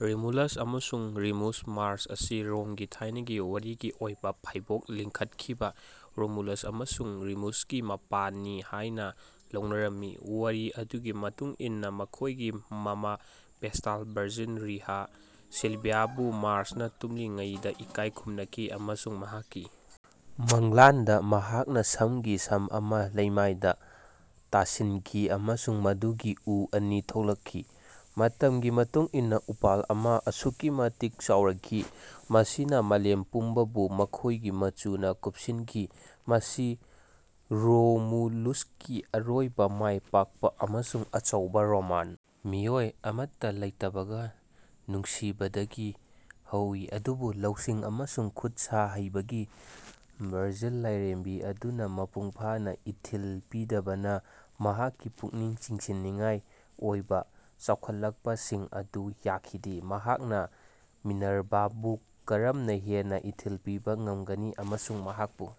Romulus ꯑꯃꯁꯨꯡ Remus Mars ꯑꯁꯤ ꯔꯣꯝꯒꯤ ꯊꯥꯏꯅꯒꯤ ꯋꯥꯔꯤꯒꯤ ꯑꯣꯏꯕ ꯐꯥꯏꯕꯣꯛ ꯂꯤꯡꯈꯠꯈꯤꯕ ꯔꯣꯃꯨꯂꯁ ꯑꯃꯁꯨꯡ ꯔꯦꯃꯁꯀꯤ ꯃꯄꯥꯅꯤ ꯍꯥꯏꯅ ꯂꯧꯅꯔꯝꯃꯤ꯫ ꯋꯥꯔꯤ ꯑꯗꯨꯒꯤ ꯃꯇꯨꯡ ꯏꯟꯅ ꯃꯈꯣꯏꯒꯤ ꯃꯃꯥ ꯚꯦꯁ꯭ꯇꯜ ꯚꯔꯖꯤꯟ ꯔꯤꯌꯥ ꯁꯤꯜꯚꯤꯌꯥꯕꯨ ꯃꯥꯔ꯭ꯁꯅ ꯇꯨꯝꯂꯤꯉꯩꯗ ꯏꯀꯥꯏ ꯈꯨꯝꯅꯈꯤ ꯑꯃꯁꯨꯡ ꯃꯍꯥꯛꯀꯤ ꯃꯪꯂꯥꯟꯗ ꯃꯍꯥꯛꯅ ꯁꯝꯒꯤ ꯁꯝ ꯑꯃ ꯂꯩꯃꯥꯏꯗ ꯇꯥꯁꯤꯟꯈꯤ ꯑꯃꯁꯨꯡ ꯃꯗꯨꯗꯒꯤ ꯎ ꯑꯅꯤ ꯊꯣꯛꯂꯛꯈꯤ꯫ ꯃꯇꯝꯒꯤ ꯃꯇꯨꯡ ꯏꯟꯅ ꯎꯄꯥꯜ ꯑꯃ ꯑꯁꯨꯛꯀꯤ ꯃꯇꯤꯛ ꯆꯥꯎꯔꯛꯈꯤ ꯃꯁꯤꯅ ꯃꯥꯂꯦꯝ ꯄꯨꯝꯕꯕꯨ ꯃꯈꯣꯏꯒꯤ ꯃꯆꯨꯅ ꯀꯨꯞꯁꯤꯟꯈꯤ ꯃꯁꯤ ꯔꯣꯃꯨꯂꯁꯀꯤ ꯑꯔꯣꯏꯕ ꯃꯥꯏꯄꯥꯛꯄ ꯑꯃꯁꯨꯡ ꯑꯆꯧꯕ ꯔꯣꯃꯥꯟ ꯃꯤꯑꯣꯏ ꯑꯃꯠꯇ ꯂꯩꯇꯕꯒ ꯅꯨꯡꯁꯤꯕꯗꯒꯤ ꯍꯧꯏ ꯑꯗꯨꯕꯨ ꯂꯧꯁꯤꯡ ꯑꯃꯁꯨꯡ ꯈꯨꯠꯁꯥ ꯍꯩꯕꯒꯤ ꯚꯔꯖꯤꯟ ꯂꯥꯏꯔꯦꯝꯕꯤ ꯑꯗꯨꯅ ꯃꯄꯨꯡ ꯐꯥꯅ ꯏꯊꯤꯜ ꯄꯤꯗꯕꯅ ꯃꯍꯥꯛꯀꯤ ꯄꯨꯛꯅꯤꯡ ꯆꯤꯡꯁꯤꯟꯅꯤꯡꯉꯥꯏ ꯑꯣꯏꯕ ꯆꯥꯎꯈꯠꯂꯛꯄꯁꯤꯡ ꯑꯗꯨ ꯌꯥꯈꯤꯗꯦ꯫ ꯃꯍꯥꯛꯅ ꯃꯤꯅꯔꯚꯥꯕꯨ ꯀꯔꯝꯅ ꯍꯦꯟꯅ ꯏꯊꯤꯜ ꯄꯤꯕ ꯉꯝꯒꯅꯤ ꯑꯃꯁꯨꯡ ꯃꯍꯥꯛꯄꯨ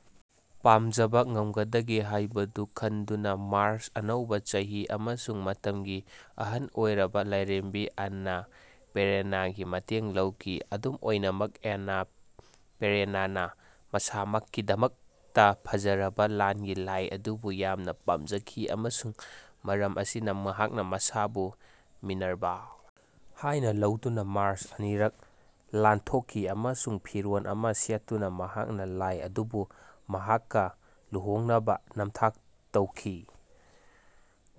ꯄꯥꯝꯖꯕ ꯉꯝꯒꯗꯒꯦ ꯍꯥꯏꯕꯗꯨ ꯈꯟꯗꯨꯅ ꯃꯥꯔ꯭ꯁꯅ ꯑꯅꯧꯕ ꯆꯍꯤ ꯑꯃꯁꯨꯡ ꯃꯇꯝꯒꯤ ꯑꯍꯜ ꯑꯣꯏꯔꯕ ꯂꯥꯏꯔꯦꯝꯕꯤ ꯑꯟꯅꯥ ꯄꯦꯔꯦꯅꯥꯒꯤ ꯃꯇꯦꯡ ꯂꯧꯈꯤ꯫ ꯑꯗꯨꯝ ꯑꯣꯏꯅꯃꯛ ꯑꯟꯅꯥ ꯄꯦꯔꯦꯅꯥꯅ ꯃꯁꯥꯃꯛꯀꯤꯗꯃꯛꯇ ꯐꯖꯔꯕ ꯂꯥꯟꯒꯤ ꯂꯥꯏ ꯑꯗꯨꯕꯨ ꯌꯥꯝꯅ ꯄꯥꯝꯖꯈꯤ ꯑꯃꯁꯨꯡ ꯃꯔꯝ ꯑꯁꯤꯅ ꯃꯍꯥꯛꯅ ꯃꯁꯥꯕꯨ ꯃꯤꯅꯔꯚꯥ ꯍꯥꯏꯅ ꯂꯧꯗꯨꯅ ꯃꯥꯔ꯭ꯁ ꯑꯅꯤꯔꯛ ꯂꯥꯟꯊꯣꯛꯈꯤ ꯑꯃꯁꯨꯡ ꯐꯤꯔꯣꯜ ꯑꯃ ꯁꯦꯠꯇꯨꯅ ꯃꯍꯥꯛꯅ ꯂꯥꯏ ꯑꯗꯨꯕꯨ ꯃꯍꯥꯛꯀ ꯂꯨꯍꯣꯡꯅꯕ ꯅꯝꯊꯥꯛ ꯇꯧꯈꯤ꯫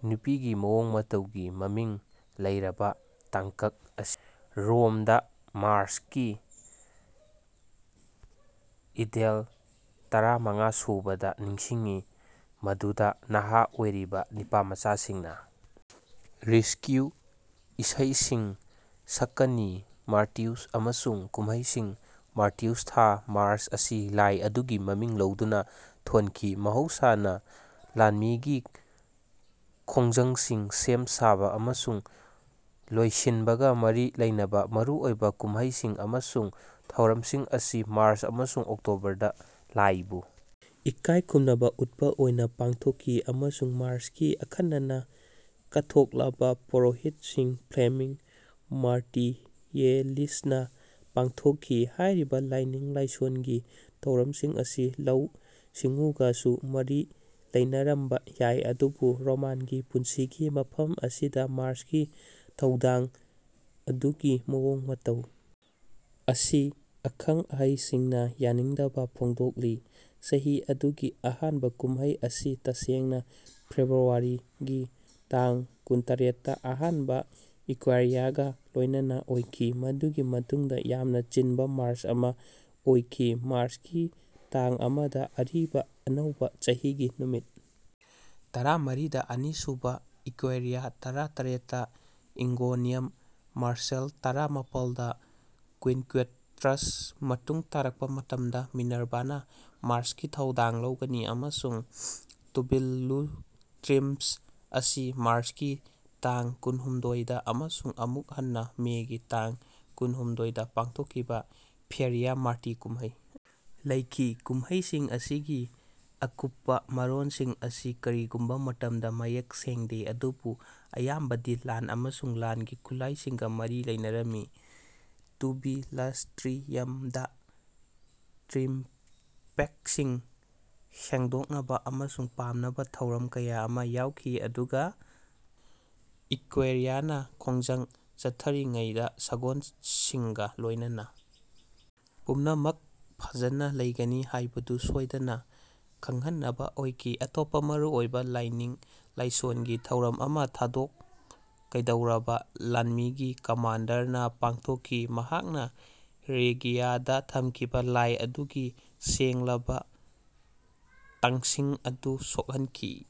ꯅꯨꯄꯤꯒꯤ ꯃꯑꯣꯡ ꯃꯇꯧꯒꯤ ꯃꯃꯤꯡ ꯂꯩꯔꯕ ꯇꯥꯡꯀꯛ ꯑꯁꯤ ꯔꯣꯝꯗ ꯃꯥꯔ꯭ꯆꯀꯤ ꯏꯗꯦꯁ ꯇꯔꯥꯃꯉꯥ ꯁꯨꯕꯗ ꯅꯤꯡꯁꯤꯡꯈꯤ ꯃꯗꯨꯗ ꯅꯍꯥ ꯑꯣꯏꯔꯤꯕ ꯅꯨꯄꯤꯃꯆꯥꯁꯤꯡꯅ ꯔꯤꯁꯀꯨꯏ‌ ꯏꯁꯩꯁꯤꯡ ꯁꯛꯀꯅꯤ꯫ ꯃꯥꯔꯇꯤꯌꯁ ꯑꯃꯁꯨꯡ ꯀꯨꯝꯍꯩꯁꯤꯡ ꯃꯥꯔꯇꯤꯌꯁ ꯊꯥ ꯃꯥꯔ꯭ꯆ ꯑꯁꯤ ꯂꯥꯏ ꯑꯗꯨꯒꯤ ꯃꯃꯤꯡ ꯂꯧꯗꯨꯅ ꯊꯣꯟꯈꯤ꯫ ꯃꯍꯧꯁꯥꯅ ꯂꯥꯟꯃꯤꯒꯤ ꯈꯣꯡꯖꯪꯁꯤꯡ ꯁꯦꯝ ꯁꯥꯕ ꯑꯃꯁꯨꯡ ꯂꯣꯏꯁꯤꯟꯕꯒ ꯃꯔꯤ ꯂꯩꯅꯕ ꯃꯔꯨꯑꯣꯏꯕ ꯀꯨꯝꯍꯩꯁꯤꯡ ꯑꯃꯁꯨꯡ ꯊꯧꯔꯝꯁꯤꯡ ꯑꯁꯤ ꯃꯥꯔ꯭ꯆ ꯑꯃꯁꯨꯡ ꯑꯣꯛꯇꯣꯕꯔꯗ ꯂꯥꯏꯕꯨ ꯏꯀꯥꯏ ꯈꯨꯝꯅꯕ ꯎꯠꯄ ꯑꯣꯏꯅ ꯄꯥꯡꯊꯣꯛꯈꯤ ꯑꯃꯁꯨꯡ ꯃꯥꯔ꯭ꯁꯀꯤ ꯑꯈꯟꯅꯅ ꯀꯠꯊꯣꯛꯂꯕ ꯄꯨꯔꯣꯍꯤꯠꯁꯤꯡ ꯐ꯭ꯂꯦꯃꯦꯟ ꯃꯥꯔꯇꯤꯌꯥꯂꯤꯁꯅ ꯄꯥꯡꯊꯣꯛꯈꯤ꯫ ꯍꯥꯏꯔꯤꯕ ꯂꯥꯏꯅꯤꯡ ꯂꯥꯏꯁꯣꯜꯒꯤ ꯊꯧꯔꯝꯁꯤꯡ ꯑꯁꯤ ꯂꯧꯎ ꯁꯤꯡꯎꯒꯁꯨ ꯃꯔꯤ ꯂꯩꯅꯔꯝꯕ ꯌꯥꯏ ꯑꯗꯨꯕꯨ ꯔꯣꯃꯥꯟꯒꯤ ꯄꯨꯟꯁꯤꯒꯤ ꯃꯐꯝ ꯑꯁꯤꯗ ꯃꯥꯔ꯭ꯁꯀꯤ ꯊꯧꯗꯥꯡ ꯑꯗꯨꯒꯤ ꯃꯑꯣꯡ ꯃꯇꯧ ꯑꯁꯤ ꯑꯈꯪ ꯑꯍꯩꯁꯤꯡꯅ ꯌꯥꯅꯤꯡꯗꯕ ꯐꯣꯡꯗꯣꯛꯂꯤ꯫ ꯆꯍꯤ ꯑꯗꯨꯒꯤ ꯑꯍꯥꯟꯕ ꯀꯨꯝꯍꯩ ꯑꯁꯤ ꯇꯁꯦꯡꯅ ꯐꯦꯕ꯭ꯔꯨꯋꯥꯔꯤꯒꯤ ꯇꯥꯡ ꯀꯨꯟꯇꯔꯦꯠꯇ ꯑꯍꯥꯟꯕ ꯏꯀ꯭ꯋꯤꯔꯤꯌꯥꯒ ꯂꯣꯏꯅꯅ ꯑꯣꯏꯈꯤ ꯃꯗꯨꯒꯤ ꯃꯇꯨꯡꯗ ꯌꯥꯝꯅ ꯆꯤꯟꯕ ꯃꯥꯔ꯭ꯆ ꯑꯃ ꯑꯣꯏꯈꯤ꯫ ꯃꯥꯔ꯭ꯆꯀꯤ ꯇꯥꯡ ꯑꯃ ꯗ ꯑꯔꯤꯕ ꯑꯅꯧꯕ ꯆꯍꯤꯒꯤ ꯅꯨꯃꯤꯠ ꯇꯔꯥꯃꯔꯤꯗ ꯑꯅꯤꯁꯨꯕ ꯏꯀ꯭ꯋꯤꯔꯤꯌꯥ ꯇꯔꯥ ꯇꯔꯦꯠꯇ ꯑꯦꯒꯣꯅꯤꯌꯝ ꯃꯥꯔꯁꯤꯌꯦꯜ ꯇꯔꯥ ꯃꯥꯄꯟꯗ ꯀ꯭ꯋꯤꯟꯀ꯭ꯋꯥꯇ꯭ꯔꯁ ꯃꯇꯨꯡ ꯇꯥꯔꯛꯄ ꯃꯇꯝꯗ ꯃꯤꯅꯔꯚꯥꯅ ꯃꯥꯔ꯭ꯁꯀꯤ ꯊꯧꯗꯥꯡ ꯂꯧꯒꯅꯤ ꯑꯃꯁꯨꯡ ꯇꯨꯕꯤꯂꯨꯁ꯭ꯇ꯭ꯔꯤꯌꯝ ꯑꯁꯤ ꯃꯥꯔ꯭ꯆꯀꯤ ꯇꯥꯡ ꯀꯨꯟꯍꯨꯝꯗꯣꯏꯗ ꯑꯃꯁꯨꯡ ꯑꯃꯨꯛ ꯍꯟꯅ ꯃꯦꯒꯤ ꯇꯥꯡ ꯀꯨꯟꯍꯨꯝꯗꯣꯏꯗ ꯄꯥꯡꯊꯣꯛꯈꯤꯕ ꯐꯦꯔꯤꯌꯥ ꯃꯥꯔꯇꯤ ꯀꯨꯝꯍꯩ ꯂꯩꯈꯤ꯫ ꯀꯨꯝꯍꯩꯁꯤꯡ ꯑꯁꯤꯒꯤ ꯑꯀꯨꯞꯄ ꯃꯔꯣꯜꯁꯤꯡ ꯑꯁꯤ ꯀꯔꯤꯒꯨꯝꯕ ꯃꯇꯝꯗ ꯃꯌꯦꯛ ꯁꯦꯡꯗꯦ ꯑꯗꯨꯕꯨ ꯑꯌꯥꯝꯕꯗꯤ ꯂꯥꯟ ꯑꯃꯁꯨꯡ ꯂꯥꯟꯒꯤ ꯈꯨꯠꯂꯥꯏꯁꯤꯡꯒ ꯃꯔꯤ ꯂꯩꯅꯔꯝꯃꯤ꯫ ꯇꯨꯕꯤꯂꯁ꯭ꯇ꯭ꯔꯤꯌꯝꯗ ꯇ꯭ꯔꯝꯄꯦꯠꯁꯤꯡ ꯁꯦꯡꯗꯣꯛꯅꯕ ꯑꯃꯁꯨꯡ ꯄꯥꯝꯅꯕ ꯊꯧꯔꯝ ꯀꯌꯥ ꯑꯃ ꯌꯥꯎꯈꯤ ꯑꯗꯨꯒ ꯏꯀ꯭ꯋꯤꯔꯤꯌꯥꯅ ꯈꯣꯡꯖꯪ ꯆꯠꯊꯔꯤꯉꯩꯗ ꯁꯒꯣꯜꯁꯤꯡꯒ ꯂꯣꯏꯅꯅ ꯄꯨꯝꯅꯃꯛ ꯐꯖꯅ ꯂꯩꯒꯅꯤ ꯍꯥꯏꯕꯗꯨ ꯁꯣꯏꯗꯅ ꯈꯪꯍꯟꯅꯕ ꯑꯣꯏꯈꯤ꯫ ꯑꯇꯣꯞꯄ ꯃꯔꯨꯑꯣꯏꯕ ꯂꯥꯏꯅꯤꯡ ꯂꯥꯏꯁꯣꯜꯒꯤ ꯊꯧꯔꯝ ꯑꯃ ꯊꯥꯗꯣꯛꯀꯗꯧꯔꯤꯕ ꯂꯥꯟꯃꯤꯒꯤ ꯀꯃꯥꯟꯗꯔꯅ ꯄꯥꯡꯊꯣꯛꯈꯤ ꯃꯍꯥꯛꯅ ꯔꯦꯖꯤꯌꯥꯗ ꯊꯝꯈꯤꯕ ꯂꯥꯏ ꯑꯗꯨꯒꯤ ꯁꯦꯡꯂꯕ ꯇꯥꯡꯁꯤꯡ ꯑꯗꯨ ꯁꯣꯛꯍꯟꯈꯤ꯫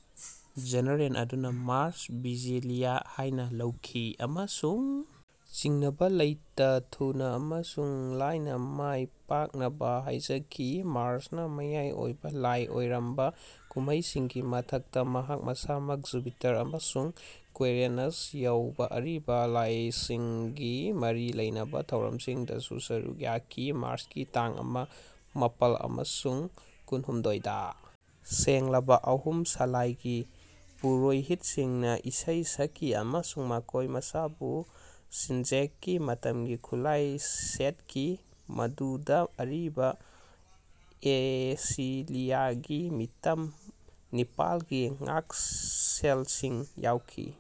ꯖꯦꯅꯔꯦꯜ ꯑꯗꯨꯅ ꯃꯥꯔ꯭ꯁ ꯚꯤꯖꯤꯂꯤꯌꯥ ꯍꯥꯏꯅ ꯂꯥꯎꯈꯤ ꯑꯃꯁꯨꯡ ꯆꯤꯡꯅꯕ ꯂꯩꯇꯅ ꯊꯨꯅ ꯑꯃꯁꯨꯡ ꯂꯥꯏꯅ ꯃꯥꯏꯄꯥꯛꯅꯕ ꯍꯥꯏꯖꯈꯤ꯫ ꯃꯥꯔ꯭ꯁꯅ ꯃꯌꯥꯏ ꯑꯣꯏꯕ ꯂꯥꯏ ꯑꯣꯏꯔꯝꯕ ꯀꯨꯝꯍꯩꯁꯤꯡꯒꯤ ꯃꯊꯛꯇ ꯃꯍꯥꯛ ꯃꯁꯥꯃꯛ ꯖꯨꯄꯤꯇꯔ ꯑꯃꯁꯨꯡ ꯀ꯭ꯋꯤꯔꯤꯅꯁ ꯌꯥꯎꯕ ꯑꯔꯤꯕ ꯂꯥꯏꯁꯤꯡꯒꯤ ꯃꯔꯤ ꯂꯩꯅꯕ ꯊꯧꯔꯝꯁꯤꯡꯗꯁꯨ ꯁꯔꯨꯛ ꯌꯥꯈꯤ꯫ ꯃꯥꯔ꯭ꯆꯀꯤ ꯇꯥꯡ ꯑꯃ ꯃꯥꯄꯟ ꯑꯃꯁꯨꯡ ꯀꯨꯟꯍꯨꯝꯗꯣꯏꯗ ꯁꯦꯡꯂꯕ ꯑꯍꯨꯝ ꯁꯥꯂꯥꯏꯒꯤ ꯄꯨꯔꯣꯍꯤꯠꯁꯤꯡꯅ ꯏꯁꯩ ꯁꯛꯈꯤ ꯑꯃꯁꯨꯡ ꯃꯈꯣꯏ ꯃꯁꯥꯕꯨ ꯁꯦꯟꯖꯦꯡꯒꯤ ꯃꯇꯝꯒꯤ ꯈꯨꯠꯂꯥꯏ ꯁꯦꯠꯈꯤ ꯃꯗꯨꯗ ꯑꯔꯤꯕ ꯑꯦꯟꯁꯤꯂꯤꯌꯥꯒꯤ ꯃꯤꯇꯝ ꯅꯤꯄꯥꯟꯒꯤ ꯉꯥꯛꯁꯦꯜꯁꯤꯡ ꯌꯥꯎꯈꯤ꯫